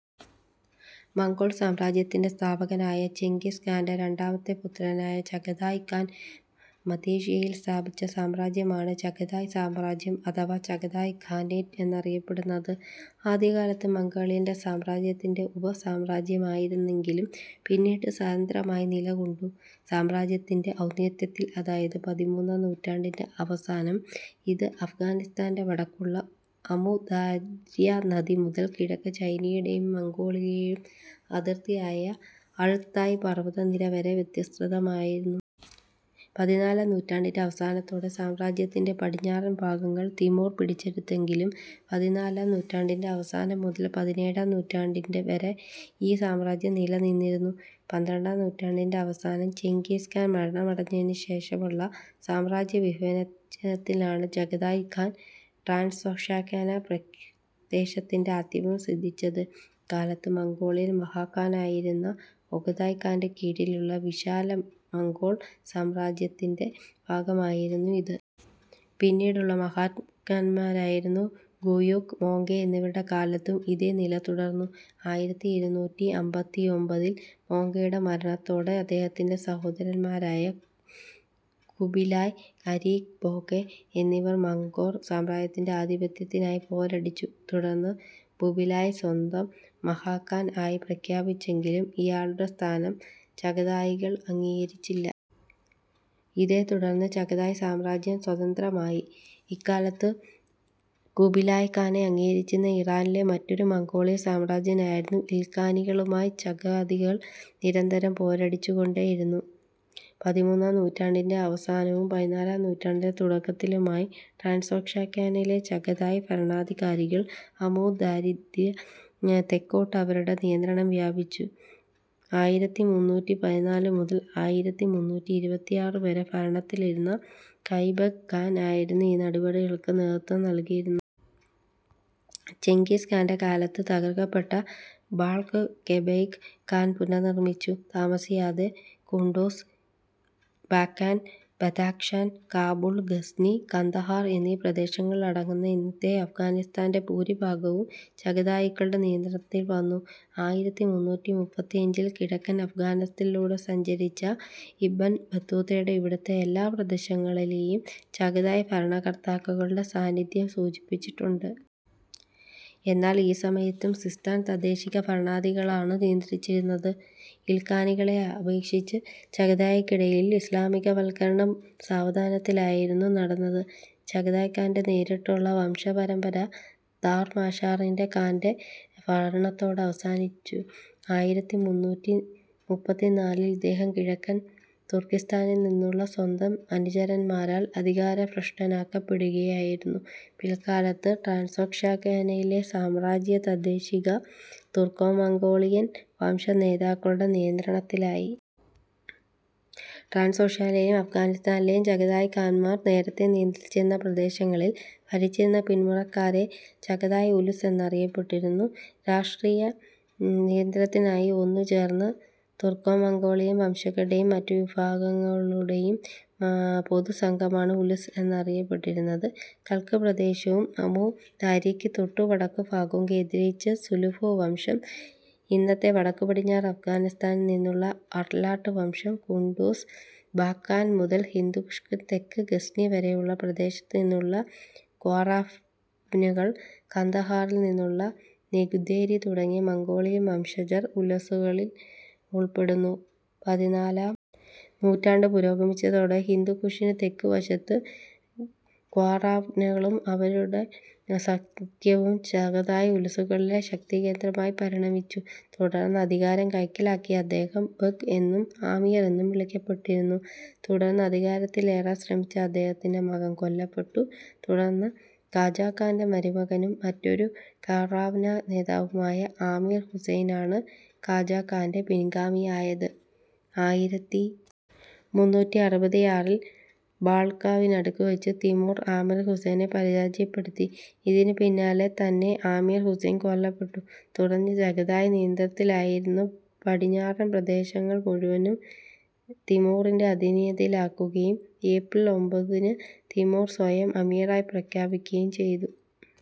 Mongol സാമ്രാജ്യത്തിൻ്റെ സ്ഥാപകനായ Genghis ഖാൻ്റെ രണ്ടാമത്തെ പുത്രനായ ചഗതായ് ഖാൻ മധ്യേഷ്യയിൽ സ്ഥാപിച്ച സാമ്രാജ്യമാണ് ചഗതായ് സാമ്രാജ്യം അഥവാ ചഗതായ് ഖാനേറ്റ് എന്നറിയപ്പെടുന്നത്. ആദ്യകാലത്ത് മംഗോളിയൻ സാമ്രാജ്യത്തിൻ്റെ ഉപസാമ്രാജ്യമായിരുന്നെങ്കിലും പിന്നീട് സ്വതന്ത്രമായി നിലകൊണ്ടു. സാമ്രാജ്യത്തിൻ്റെ ഔന്നത്യത്തിൽ അതായത് പതിമൂന്നാം നൂറ്റാണ്ടിൻ്റെ അവസാനം ഇത് അഫ്ഗാനിസ്താൻ്റെ വടക്കുള്ള അമു ദാര്യ നദി മുതൽ കിഴക്ക് ചൈനയുടെയും മംഗോളിയയുടെയും അതിർത്തിയായ അൾതായ് പർവതനിര വരെ വിസ്തൃതമായിരുന്നു. പതിനാലാം നൂറ്റാണ്ടിൻ്റെ അവസാനത്തോടെ സാമ്രാജ്യത്തിൻ്റെ പടിഞ്ഞാറൻ ഭാഗങ്ങൾ തിമൂർ പിടിച്ചെടുത്തെങ്കിലും പതിനാലാം നൂറ്റാണ്ടിൻ്റെ അവസാനം മുതൽ പതിനേഴാം നൂറ്റാണ്ടുവരെ ഈ സാമ്രാജ്യം നിലനിന്നിരുന്നു. പന്ത്രണ്ടാം നൂറ്റാണ്ടിൻ്റെ അവസാനം ചെങ്കിസ് ഖാൻ മരണമടഞ്ഞതിനുശേഷമുള്ള സാമ്രാജ്യവിഭജനത്തിലാണ് ചഗതായ് ഖാന് ട്രാൻസോക്ഷ്യാന പ്രദേശത്തിൻ്റെ ആധിപത്യം സിദ്ധിച്ചത്. ഇക്കാലത്ത് മംഗോളിയൻ മഹാഖാനായിരുന്ന ഒഗതായ് ഖാൻ്റെ കീഴിലുള്ള വിശാല മംഗോൾ സാമ്രാജ്യത്തിൻ്റെ ഭാഗമായിരുന്നു ഇത്. പിന്നീടുള്ള മഹാഖാന്മാരായിരുന്ന ഗൂയൂക്ക്, മോങ്കെ എന്നിവരുടെ കാലത്തും ഇതേ നില തുടർന്നു. ആയിരത്തി ഇരുന്നൂറ്റി അമ്പത്തിയൊമ്പതിൽ മോങ്കെയുടെ മരണത്തോടെ അദ്ദേഹത്തിൻ്റെ സഹോദരന്മാരായ ഖുബിലായ്, അരീഖ് ബോഖെ എന്നിവർ മംഗോൾ സാമ്രാജ്യത്തിൻ്റെ ആധിപത്യത്തിനായി പോരടിച്ചു. തുടർന്ന് ഖുബിലായ് സ്വയം മഹാഖാൻ ആയി പ്രഖ്യാപിച്ചെങ്കിലും ഇയാളുടെ സ്ഥാനം ചഗതായികൾ അംഗീകരിച്ചില്ല. ഇതിനെത്തുടർന്ന് ചഗതായ് സാമ്രാജ്യം സ്വതന്ത്രമായി. ഇക്കാലത്ത് ഖുബിലായ് ഖാനെ അംഗീകരിച്ചിരുന്ന ഇറാനിലെ മറ്റൊരു മംഗോളിയൻ സാമ്രാജ്യമായിരുന്ന ഇൽഖാനികളുമായി ചഗതായികൾ നിരന്തരം പോരടിച്ചുകൊണ്ടിരുന്നു. പതിമൂന്നാം നൂറ്റാണ്ടിൻ്റെ അവസാനവും പതിനാലാം നൂറ്റാണ്ടിൻ്റെ തുടക്കത്തിലുമായി ട്രാൻസോക്ഷ്യാനയിലെ ചഗതായ് ഭരണാധികാരികൾ അമു ദാര്യക്ക് തെക്കോട്ട് അവരുടെ നിയന്ത്രണം വ്യാപിപ്പിച്ചു. ആയിരത്തി മൂന്നൂറ്റി പതിനാലു മുതൽ ആയിരത്തി മൂന്നൂറ്റി ഇരുപത്തിയാറ് വരെ ഭരണത്തിലിരുന്ന കെബെഗ് ഖാൻ ആയിരുന്നു ഈ നടപടികൾക്ക് നേതൃത്വം നൽകിയിരുന്നത്. ചെങ്കിസ് ഖാൻ്റെ കാലത്ത് തകർക്കപ്പെട്ട ബാൾഖ് കെബെഗ് ഖാൻ പുനർനിർമ്മിച്ചു. താമസിയാതെ ഖുണ്ടുസ്, ബാഘ്ലാൻ, ബദാഖ്ശാൻ, കാബൂൾ, ഗസ്നി, കന്ദഹാർ എന്നീ പ്രദേശങ്ങളടങ്ങുന്ന ഇന്നത്തെ അഫ്ഗാനിസ്താൻ്റെ ഭൂരിഭാഗവും ചഗതായികളുടെ നിയന്ത്രണത്തിൽ വന്നു. ആയിരത്തി മുന്നൂറ്റി മുപ്പത്തിയഞ്ചിൽ കിഴക്കൻ അഫ്ഗാനിസ്താനിലൂടെ സഞ്ചരിച്ച ഇബ്ൻ ബത്തൂത്ത ഇവിടത്തെ എല്ലാ പ്രദേശങ്ങളിലെയും ചഗതായ് ഭരണകർത്താക്കളുടെ സാന്നിധ്യം സൂചിപ്പിച്ചിട്ടുണ്ട്. എന്നാൽ ഈ സമയത്തും സിസ്താൻ തദ്ദേശീയ ഭരണാധികാരികളാണ് നിയന്ത്രിച്ചിരുന്നത്. ഇൽഖാനികളെ അപേക്ഷിച്ച് ചഗതായികൾക്കിടയിൽ ഇസ്ലാമികവൽക്കരണം സാവധാനത്തിലായിരുന്നു നടന്നത്. ചഗതായ് ഖാൻ്റെ നേരിട്ടുള്ള വംശപരമ്പര താർമാഷിറിൻ ഖാൻ്റെ ഭരണത്തോടെ അവസാനിച്ചു. ആയിരത്തി മുന്നൂറ്റി മുപ്പത്തിനാലിൽ ഇദ്ദേഹം കിഴക്കൻ തുർക്കിസ്താനിൽ നിന്നുള്ള സ്വന്തം അനുചരന്മാരാൽ അധികാരഭ്രഷ്ടനാക്കപ്പെടുകയായിരുന്നു. പിൽക്കാലത്ത് ട്രാൻസോക്ഷ്യാനയിലെ സാമ്രാജ്യം തദ്ദേശീയ തുർക്കോമംഗോളിയൻ വംശനേതാക്കളുടെ നിയന്ത്രണത്തിലായി. ട്രാൻസോക്ഷ്യാനയിലും അഫ്ഗാനിസ്താനിലും ചഗതായ് ഖാന്മാർ നേരത്തേ നിയന്ത്രിച്ചിരുന്ന പ്രദേശങ്ങളിൽ ഭരിച്ചിരുന്ന പിന്മുറക്കാരെ ചഗതായ് ഉലുസ് എന്ന് അറിയപ്പെടുന്നു. രാഷ്ട്രീയ നിയന്ത്രണത്തിനായി ഒന്നുചേർന്ന തുർക്കോമംഗോളിയൻ വംശജരുടെയും മറ്റുവിഭാഗങ്ങളുടെയും പൊതുസംഘമാണ് ഉലുസ് എന്നറിയപ്പെട്ടിരുന്നത്. ബൽഖ് പ്രദേശവും അമു ദാര്യക്ക് തൊട്ടു വടക്കുഭാഗവും കേന്ദ്രീകരിച്ച സുലുഭു വംശം, ഇന്നത്തെ വടക്കുപടിഞ്ഞാറൻ അഫ്ഗാനിസ്താനിൽ നിന്നുള്ള അർലാട്ട് വംശം, ഖുണ്ടുസ്, ബാഘ്ലാൻ മുതൽ ഹിന്ദുകുഷിന് തെക്ക് ഗസ്നി വരെയുള്ള പ്രദേശത്തുനിന്നുള്ള ഖ്വാറാവ്നകൾ, കന്ദഹാറിൽ നിന്നുള്ള നെഗുദേരി തുടങ്ങിയ മംഗോളിയൻ വംശജർ ഉലുസുകളിൽ ഉൾപ്പെടുന്നു. പതിനാലാം നൂറ്റാണ്ട് പുരോഗമിച്ചതോടെ ഹിന്ദുകുഷിന് തെക്കുവശത്ത് ഖ്വാറാവ്നകളും അവരുടെ സഖ്യവും ചഗതായ് ഉലുസുകളിലെ ശക്തികേന്ദ്രമായി പരിണമിച്ചു. തുടർന്ന് അധികാരം കൈക്കലാക്കിയ അദ്ദേഹം ബെഗ് എന്നും ആമിർ എന്നും വിളിക്കപ്പെട്ടിരുന്നു. തുടർന്ന് അധികാരത്തിലേറാൻ ശ്രമിച്ച അദ്ദേഹത്തിൻ്റെ മകൻ കൊല്ലപ്പെട്ടു. തുടർന്ന് ഖാജാഘാൻ്റെ മരുമകനും മറ്റൊരു ഖ്വാറാവ്ന നേതാവുമായ ആമിർ ഹുസൈനാണ് ഖാജാഘാൻ്റെ പിൻഗാമിയായത്. ആയിരത്തി മുന്നൂറ്റി അറുപത്തിയാറിൽ ബാൾഖിനടുത്തുവച്ച് തിമൂർ ആമിർ ഹുസൈനെ പരാജയപ്പെടുത്തി. ഇതിനു പിന്നാലെ തന്നെ ആമിർ ഹുസൈൻ കൊല്ലപ്പെട്ടു. തുടർന്ന് ചഗതായിദ് നിയന്ത്രണത്തിലായിരുന്ന പടിഞ്ഞാറൻ പ്രദേശങ്ങൾ മുഴുവൻ തിമൂറിൻ്റെ അധീനതയിലാകുകയും ഏപ്രിൽ ഒമ്പതിന് തിമൂർ സ്വയം അമീറായി പ്രഖ്യാപിക്കുകയും ചെയ്തു.